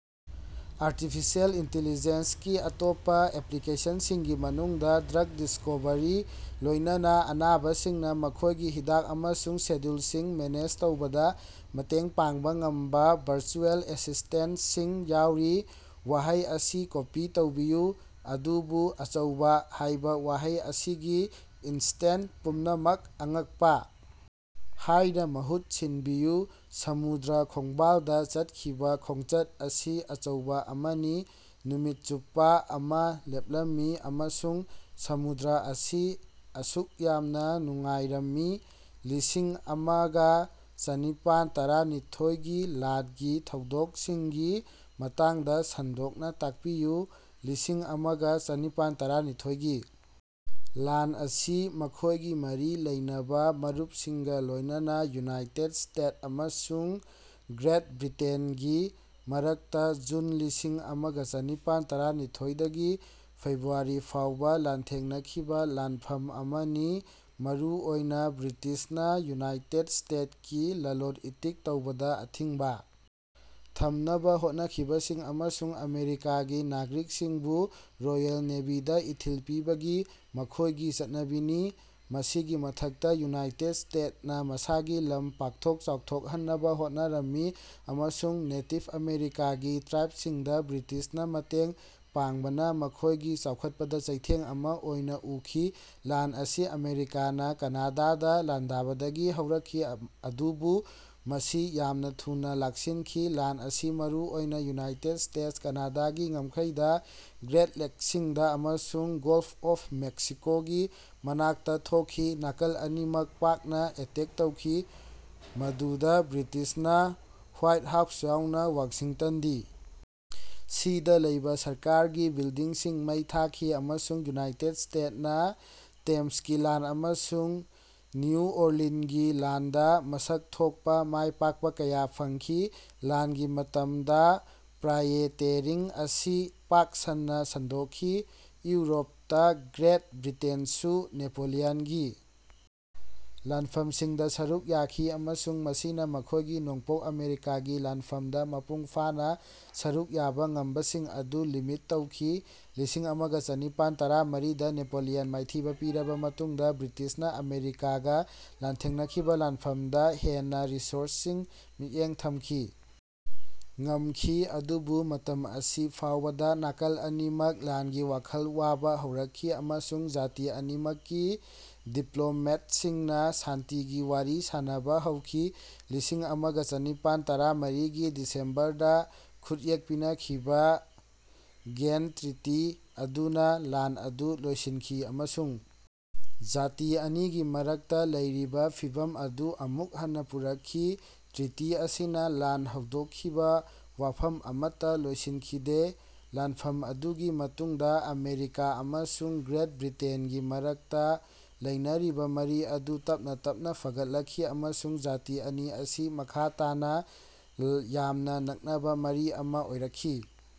Artificial ꯏꯟꯇꯦꯂꯤꯖꯦꯟꯁꯒꯤ ꯑꯇꯣꯞꯄ ꯑꯦꯄ꯭ꯂꯤꯀꯦꯁꯟꯁꯤꯡꯒꯤ ꯃꯅꯨꯡꯗ drug discovery, ꯂꯣꯏꯅꯅ ꯑꯅꯥꯕꯁꯤꯡꯅ ꯃꯈꯣꯏꯒꯤ ꯍꯤꯗꯥꯛ ꯑꯃꯁꯨꯡ ꯁꯦꯗ꯭ꯌꯨꯜꯁꯤꯡ ꯃꯦꯅꯦꯖ ꯇꯧꯕꯗ ꯃꯇꯦꯡ ꯄꯥꯡꯕ ꯉꯝꯕ ꯚꯔꯆꯨꯑꯦꯜ ꯑꯦꯁꯤꯁꯇꯦꯟꯇꯁꯤꯡ ꯌꯥꯎꯔꯤ꯫ ꯋꯥꯍꯩ ꯑꯁꯤ ꯀꯣꯄꯤ ꯇꯧꯕꯤꯌꯨ ꯑꯗꯨꯕꯨ "ꯑꯆꯧꯕ" ꯍꯥꯏꯕ ꯋꯥꯍꯩ ꯑꯁꯤꯒꯤ ꯏꯟꯁꯇꯦꯟꯁ ꯄꯨꯝꯅꯃꯛ "ꯑꯉꯛꯄ" ꯍꯥꯏꯅ ꯃꯍꯨꯠ ꯁꯤꯟꯕꯤꯌꯨ꯫ ꯁꯃꯨꯗ꯭ꯔ ꯈꯣꯡꯕꯥꯜꯗ ꯆꯠꯈꯤꯕ ꯈꯣꯡꯆꯠ ꯑꯁꯤ ꯑꯆꯧꯕ ꯑꯃꯅꯤ ꯅꯨꯃꯤꯠ ꯆꯨꯞꯄ ꯑꯃ ꯂꯦꯞꯂꯝꯃꯤ ꯑꯃꯁꯨꯡ ꯁꯃꯨꯗ꯭ꯔ ꯑꯁꯤ ꯑꯁꯨꯛ ꯌꯥꯝꯅ ꯅꯨꯡꯉꯥꯏꯔꯝꯃꯤ꯫ ꯂꯤꯁꯤꯡ ꯑꯃꯒ ꯆꯅꯤꯄꯥꯟ ꯇꯔꯥꯅꯤꯊꯣꯏꯒꯤ ꯂꯥꯟꯒꯤ ꯊꯧꯗꯣꯛꯁꯤꯡꯒꯤ ꯃꯇꯥꯡꯗ ꯁꯟꯗꯣꯛꯅ ꯇꯥꯛꯄꯤꯌꯨ꯫ ꯂꯤꯁꯤꯡ ꯑꯃꯒ ꯆꯅꯤꯄꯥꯟ ꯇꯔꯥꯅꯤꯊꯣꯏꯒꯤ ꯂꯥꯟ ꯑꯁꯤ ꯃꯈꯣꯏꯒꯤ ꯃꯔꯤ ꯂꯩꯅꯕ ꯃꯔꯨꯞꯁꯤꯡꯒ ꯂꯣꯏꯅꯅ ꯌꯨꯅꯥꯏꯇꯦꯗ ꯁ꯭ꯇꯦꯇꯁ ꯑꯃꯁꯨꯡ ꯒ꯭ꯔꯦꯠ ꯕ꯭ꯔꯤꯇꯦꯟꯒꯤ ꯃꯔꯛꯇ ꯖꯨꯟ ꯂꯤꯁꯤꯡ ꯑꯃꯒ ꯆꯅꯤꯄꯥꯟ ꯇꯔꯥꯅꯤꯊꯣꯏ ꯗꯒꯤ ꯐꯦꯕ꯭ꯔꯨꯋꯥꯔꯤ ꯐꯥꯎꯕ ꯂꯥꯟꯊꯦꯡꯅꯈꯤꯕ ꯂꯥꯟꯐꯝ ꯑꯃꯅꯤ, ꯃꯔꯨ ꯑꯣꯏꯅ ꯕ꯭ꯔꯤꯇꯤꯁꯅ ꯌꯨꯅꯥꯏꯇꯦꯗ ꯁ꯭ꯇꯦꯇꯁ ꯀꯤ ꯂꯂꯣꯟ-ꯏꯇꯤꯛ ꯇꯧꯕꯗ ꯑꯊꯤꯡꯕ ꯊꯝꯅꯕ ꯍꯣꯠꯅꯈꯤꯕꯁꯤꯡ ꯑꯃꯁꯨꯡ ꯑꯃꯦꯔꯤꯀꯥꯒꯤ ꯅꯥꯒꯔꯤꯛꯁꯤꯡꯕꯨ ꯔꯣꯌꯦꯜ ꯅꯦꯚꯤꯗ ꯏꯊꯤꯜ ꯄꯤꯕꯒꯤ ꯃꯈꯣꯏꯒꯤ ꯆꯠꯅꯕꯤꯅꯤ꯫ ꯃꯁꯤꯒꯤ ꯃꯊꯛꯇ ꯌꯨꯅꯥꯏꯇꯦꯗ ꯁ꯭ꯇꯦꯇꯅ ꯃꯁꯥꯒꯤ ꯂꯝ ꯄꯥꯛꯊꯣꯛ ꯆꯥꯎꯊꯣꯛꯍꯟꯅꯕ ꯍꯣꯠꯅꯔꯝꯃꯤ ꯑꯃꯁꯨꯡ ꯅꯦꯇꯤꯚ ꯑꯃꯦꯔꯤꯀꯥꯒꯤ ꯇ꯭ꯔꯥꯏꯕꯁꯤꯡꯗ ꯕ꯭ꯔꯤꯇꯤꯁꯅ ꯃꯇꯦꯡ ꯄꯥꯡꯕꯅ ꯃꯈꯣꯏꯒꯤ ꯆꯥꯎꯈꯠꯄꯗ ꯆꯩꯊꯦꯡ ꯑꯃ ꯑꯣꯏꯅ ꯎꯈꯤ꯫ ꯂꯥꯟ ꯑꯁꯤ ꯑꯃꯦꯔꯤꯀꯥꯅ ꯀꯅꯥꯗꯥꯗ ꯂꯥꯟꯗꯥꯕꯗꯒꯤ ꯍꯧꯔꯛꯈꯤ, ꯑꯗꯨꯕꯨ ꯃꯁꯤ ꯌꯥꯝꯅ ꯊꯨꯅ ꯂꯥꯛꯁꯤꯟꯈꯤ꯫ ꯂꯥꯟ ꯑꯁꯤ ꯃꯔꯨꯑꯣꯏꯅ ꯌꯨꯅꯥꯏꯇꯦꯗ ꯁ꯭ꯇꯦꯇꯁ -ꯀꯅꯥꯗꯥꯒꯤ ꯉꯝꯈꯩꯗ, ꯒ꯭ꯔꯦꯠ ꯂꯦꯛꯁꯤꯡꯗ ꯑꯃꯁꯨꯡ ꯒꯜꯐ ꯑꯣꯐ ꯃꯦꯛꯁꯤꯀꯣꯒꯤ ꯃꯅꯥꯛꯇ ꯊꯣꯛꯈꯤ꯫ ꯅꯥꯀꯜ ꯑꯅꯤꯃꯛꯅ ꯄꯥꯛꯅ ꯑꯦꯇꯦꯛ ꯇꯧꯈꯤ, ꯃꯗꯨꯗ ꯕ꯭ꯔꯤꯇꯤꯁꯅ ꯍ꯭ꯋꯥꯏ ꯍꯥꯎꯁ ꯌꯥꯎꯅ ꯋꯥꯁꯤꯡꯇꯟ ꯗꯤ. ꯁꯤ. ꯗꯥ ꯂꯩꯕ ꯁꯔꯀꯥꯔꯒꯤ ꯕꯤꯜꯗꯤꯡꯁꯤꯡ ꯃꯩ ꯊꯥꯈꯤ ꯑꯃꯁꯨꯡ ꯌꯨꯅꯥꯏꯇꯦꯗ ꯁ꯭ꯇꯦꯇꯁ ꯅ ꯇꯦꯝꯁꯀꯤ ꯂꯥꯟ ꯑꯃꯁꯨꯡ ꯅ꯭ꯌꯨ ꯑꯣꯔꯂꯤꯟꯒꯤ ꯂꯥꯟꯗ ꯃꯁꯛ ꯊꯣꯛꯄ ꯃꯥꯏꯄꯥꯛꯄ ꯀꯌꯥ ꯐꯪꯈꯤ꯫ ꯂꯥꯟꯒꯤ ꯃꯇꯝꯗ ꯄ꯭ꯔꯥꯏꯑꯦꯇꯦꯔꯤꯡ ꯑꯁꯤ ꯄꯥꯛ ꯁꯟꯅ ꯁꯟꯗꯣꯛꯈꯤ꯫ ꯌꯨꯔꯣꯞꯇ ꯒ꯭ꯔꯦꯠ ꯕ꯭ꯔꯤꯇꯦꯟꯁꯨ ꯅꯦꯄꯣꯂꯤꯌꯟꯒꯤ ꯂꯥꯟꯐꯝꯁꯤꯡꯗ ꯁꯔꯨꯛ ꯌꯥꯈꯤ, ꯑꯃꯁꯨꯡ ꯃꯁꯤꯅ ꯃꯈꯣꯏꯒꯤ ꯅꯣꯡꯄꯣꯛ ꯑꯃꯦꯔꯤꯀꯥꯒꯤ ꯂꯥꯟꯐꯃꯗ ꯃꯄꯨꯡ ꯐꯥꯅ ꯁꯔꯨꯛ ꯌꯥꯕ ꯉꯝꯕꯁꯤꯡ ꯑꯗꯨ ꯂꯤꯃꯤꯠ ꯇꯧꯈꯤ꯫ ꯂꯤꯁꯤꯡ ꯑꯃꯒ ꯆꯅꯤꯄꯥꯟ ꯇꯔꯥꯃꯔꯤꯗ ꯅꯦꯄꯣꯂꯤꯌꯟ ꯃꯥꯏꯊꯤꯕ ꯄꯤꯔꯕ ꯃꯇꯨꯡꯗ ꯕ꯭ꯔꯤꯇꯤꯁꯅ ꯑꯃꯦꯔꯤꯀꯥꯒ ꯂꯥꯟꯊꯦꯡꯅꯈꯤꯕ ꯂꯥꯟꯐꯃꯗ ꯍꯦꯟꯅ ꯔꯤꯁꯣꯔꯁꯁꯤꯡ ꯃꯤꯠꯌꯦꯡ ꯊꯝꯕ ꯉꯝꯈꯤ꯫ ꯑꯗꯨꯕꯨ ꯃꯇꯝ ꯑꯁꯤ ꯐꯥꯎꯕꯗ ꯅꯥꯀꯜ ꯑꯅꯤꯃꯛ ꯂꯥꯟꯒꯤ ꯋꯥꯈꯜ ꯋꯥꯕ ꯍꯧꯔꯛꯈꯤ ꯑꯃꯁꯨꯡ ꯖꯥꯇꯤ ꯑꯅꯤꯃꯛꯀꯤ ꯗꯤꯄ꯭ꯂꯣꯃꯦꯠꯁꯤꯡꯅ ꯁꯥꯟꯇꯤꯒꯤ ꯋꯥꯔꯤ ꯁꯥꯅꯕ ꯍꯧꯈꯤ꯫ ꯂꯤꯁꯤꯡ ꯑꯃꯒ ꯆꯅꯤꯄꯥꯟ ꯇꯔꯥꯃꯔꯤꯒꯤ ꯗꯤꯁꯦꯝꯕꯔꯗ ꯈꯨꯠꯌꯦꯛ ꯄꯤꯅꯈꯤꯕ ꯒꯦꯟꯇ ꯇ꯭ꯔꯤꯇꯤ ꯑꯗꯨꯅ ꯂꯥꯟ ꯑꯗꯨ ꯂꯣꯏꯁꯤꯟꯈꯤ ꯑꯃꯁꯨꯡ ꯖꯥꯇꯤ ꯑꯅꯤꯒꯤ ꯃꯔꯛꯇ ꯂꯩꯔꯤꯕ ꯐꯤꯚꯝ ꯑꯗꯨ ꯑꯃꯨꯛ ꯍꯟꯅ ꯄꯨꯔꯛꯈꯤ꯫ ꯇ꯭ꯔꯤꯇꯤ ꯑꯁꯤꯅ ꯂꯥꯟ ꯍꯧꯗꯣꯛꯈꯤꯕ ꯋꯥꯐꯝ ꯑꯃꯠꯇ ꯂꯣꯏꯁꯤꯟꯈꯤꯗꯦ꯫ ꯂꯥꯟꯐꯝ ꯑꯗꯨꯒꯤ ꯃꯇꯨꯡꯗ ꯑꯃꯦꯔꯤꯀꯥ ꯑꯃꯁꯨꯡ ꯒ꯭ꯔꯦꯠ ꯕ꯭ꯔꯤꯇꯦꯟꯒꯤ ꯃꯔꯛꯇ ꯂꯩꯅꯔꯤꯕ ꯃꯔꯤ ꯑꯗꯨ ꯇꯞꯅ ꯇꯞꯅ ꯐꯒꯠꯂꯛꯈꯤ, ꯑꯃꯁꯨꯡ ꯖꯥꯇꯤ ꯑꯅꯤ ꯑꯁꯤ ꯃꯈꯥ ꯇꯥꯅ ꯌꯥꯝꯅ ꯅꯛꯅꯕ ꯃꯔꯤ ꯑꯃ ꯑꯣꯏꯔꯛꯈꯤ꯫